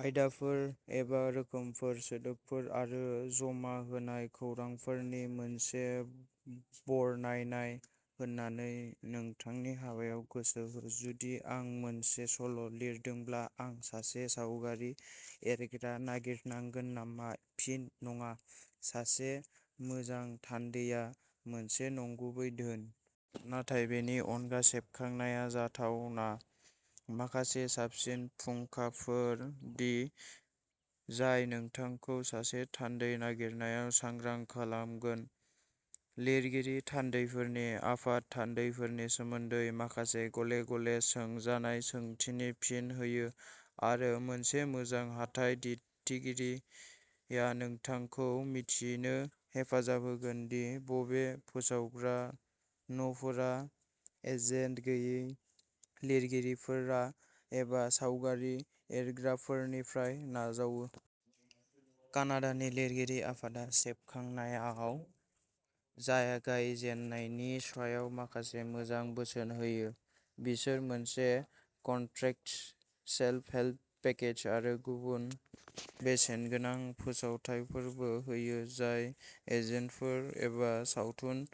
आयदाफोर एबा रोखोमफोर सोदोबफोर आरो जमा होनाय खौरांफोरनि मोनसे बरनायनाय होनानै नोंथांनि हाबायाव गोसो हो। जुदि आं मोनसे सल' लिरदोंब्ला आं सासे सावगारि एरग्रा नागिरनांगोन नामा? फिन नङा। सासे मोजां थान्दैआ मोनसे नंगुबै धोन। नाथाय बेनि अनगा सेबखांनाया जाथावना। माखासे साबसिन फुंखाफोर दि जाय नोंथांखौ सासे थान्दै नागिरनायाव सांग्रां खालामगोन। लिरगिरि थान्दैफोरनि आफाद थान्दैफोरनि सोमोन्दै माखासे गले-गले सोंजानाय सोंथिनि फिन होयो। आरो मोनसे मोजां हाथाइ दिथागिरिया नोंथांखौ मिथिनो हेफाजाब होगोन दि बबे फोसावग्रा न'फोरा एजेन्ट गैयै लिरगिरिफोरा एबा सावगारि एरग्राफोरनिफ्राय नाजावो। कानाडानि लिरगिरि आफादआ सेबखांनायाव जागायजेननायनि सायाव माखासे मोजां बोसोन होयो। बिसोर मोनसे कन्ट्रेक्टस सेल्फ हेल्प पेकेज आरो गुबुन बेसेनगोनां फोसावथायफोरबो होयो जाय एजेन्टफोर एबा सावथुन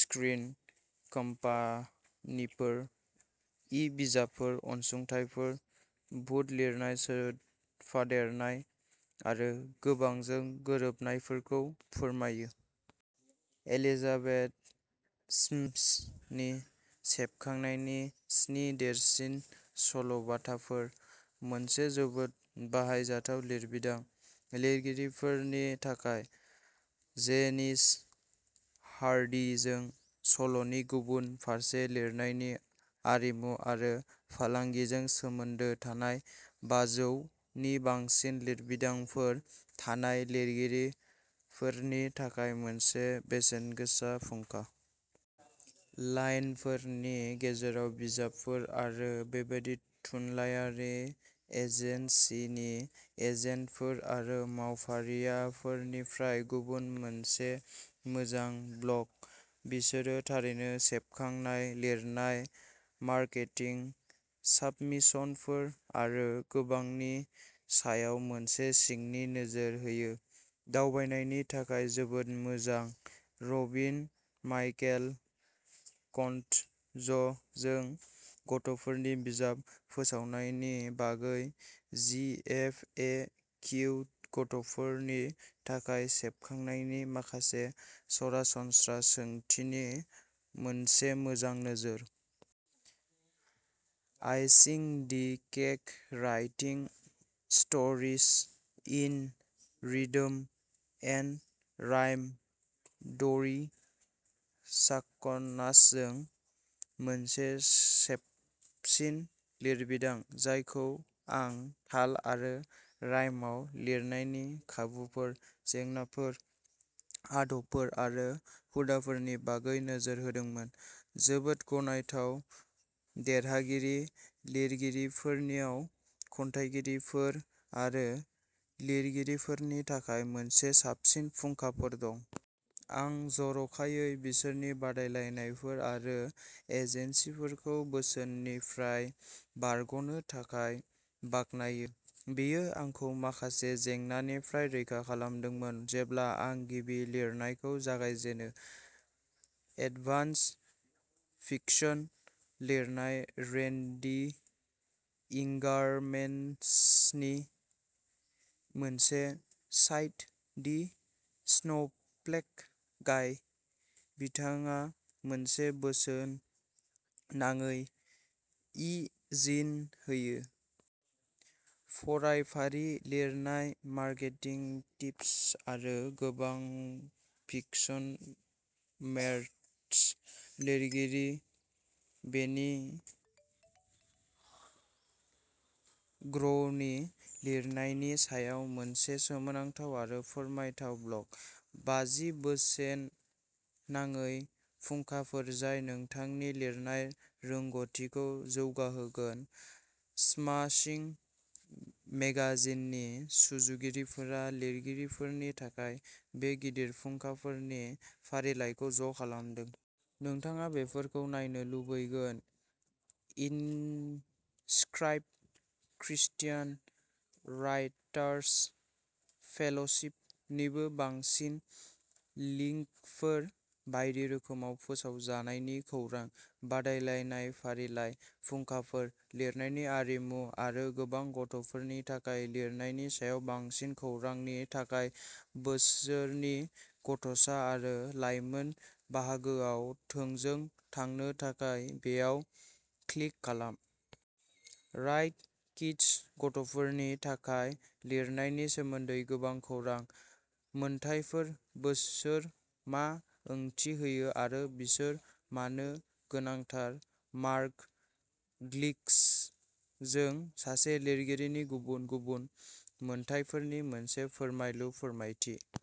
स्क्रिन कम्पानिफोर इ-बिजाबफोर अनसुंथाइफोर भुत लिरनाय सोफादेरनाय आरो गोबांजों गोरोबनायफोरखौ फोरमायो। एलिजाबेथ सिम्सनि सेबखांनायनि स्नि देरसिन सल'बाथाफोर। मोनसे जोबोद बाहायजाथाव लिरबिदां। लिरगिरिफोरनि थाखाय। जेनिस हारडिजों सल'नि गुबुन फारसे लिरनायनि आरिमु आरो फालांगिजों सोमोन्दो थानाय बाजौ नि बांसिन लिरबिदांफोर थानाय लिरगिरिफोरनि थाखाय मोनसे बेसेनगोसा फुंखा। लाइनफोरनि गेजेराव बिजाबफोर आरो बेबादि थुनलायारि एजेन्सिनि एजेन्टफोर आरो मावफारियाफोरनिफ्राय गुबुन मोनसे मोजां ब्लग। बिसोरो थारैनो सेबखांनाय, लिरनाय, मार्केटिं, साबमिशनफोर आरो गोबांनि सायाव मोनसे सिंनि नोजोर होयो। दावबायनायनि थाखाय जोबोद मोजां रबिन माइकेल क'न्ट्जजों गथ'फोरनि बिजाब फोसावनायनि बागै जि एफ ए किउ गथ'फोरनि थाखाय सेबखांनायनि माखासे सरासनस्रा सोंथिनि मोनसे मोजां नोजोर। Icing the cake writing stories in rhythm and rhyme ड'रि चाक'नासजों मोनसे साबसिन लिरबिदां जायखौ आं ताल आरो रायमाव लिरनायनि खाबुफोर, जेंनाफोर, आदबफोर आरो हुदाफोरनि बागै नोजोर होदोंमोन। जोबोद गनायथाव देरहागिरि लिरगिरिफोरनिआव खन्थाइगिरिफोर आरो लिरगिरिफोरनि थाखाय माखासे साबसिन फुंखाफोर दं। आं जर'खायै बिसोरनि बादायलायनायफोर आरो एजेन्सिफोरखौ बोसोननिफ्राय बारग'नो थाखाय बाखनायो। बेयो आंखौ माखासे जेंनानिफ्राय रैखा खालामदोंमोन जेब्ला आं गिबि लिरनायखौ जागायजेनो। एडभान्स फिकशन लिरनाय रेन्डी इंगारमेनसननि मोनसे साइट दि स्नोफ्लेक गाइ। बिथाङा मोनसे बोसेन नाङै इ जिन होयो। फरायफारि लिरनाय मार्केटिं टिप्स आरो गोबां फिकशन मेर्टस लिरगिरि बेनी ग्रवनि लिरनायनि सायाव मोनसे सोमोनांथाव आरो फोरमायथाव ब्लग। बाजि बेसेन नाङै फुंखाफोर जाय नोंथांनि लिरनाय रोंग'थिखौ जौगाहोगोन स्माशिं मेगाजिननि सुजुगिरिफोरा लिरगिरिफोरनि थाखाय बे गिदिर फुंखाफोरनि फारिलाइखौ ज' खालामदों। नोंथाङा बेफोरखौ नायनो लुबैगोन। इनस्क्राइब क्रिस्टियान राइटार्स फेल'शिप निबो बांसिन लिंकफोर बायदि रोखोमाव फोसावजानायनि खौरां, बादायलायनाय फारिलाइ, फुंखाफोर, लिरनायनि आरिमु आरो गोबां गथ'फोरनि थाखाय लिरनायनि सायाव बांसिन खौरांनि थाखाय बिसोरनि गथ'सा आरो लाइमोन बाहागोआव थोंजों थांनो थाखाय बेयाव क्लिक खालाम। राइट किड्स गथ'फोरनि थाखाय लिरनायनि सोमोन्दै गोबां खौरां। मोनथायफोर बिसोर मा ओंथि होयो आरो बिसोर मानो गोनांथार मार्ग ग्लिकसजों सासे लिरगिरिनि गुबुन गुबुन मोन्थाइफोरनि मोनसे फोरमायलु फोरमायथि।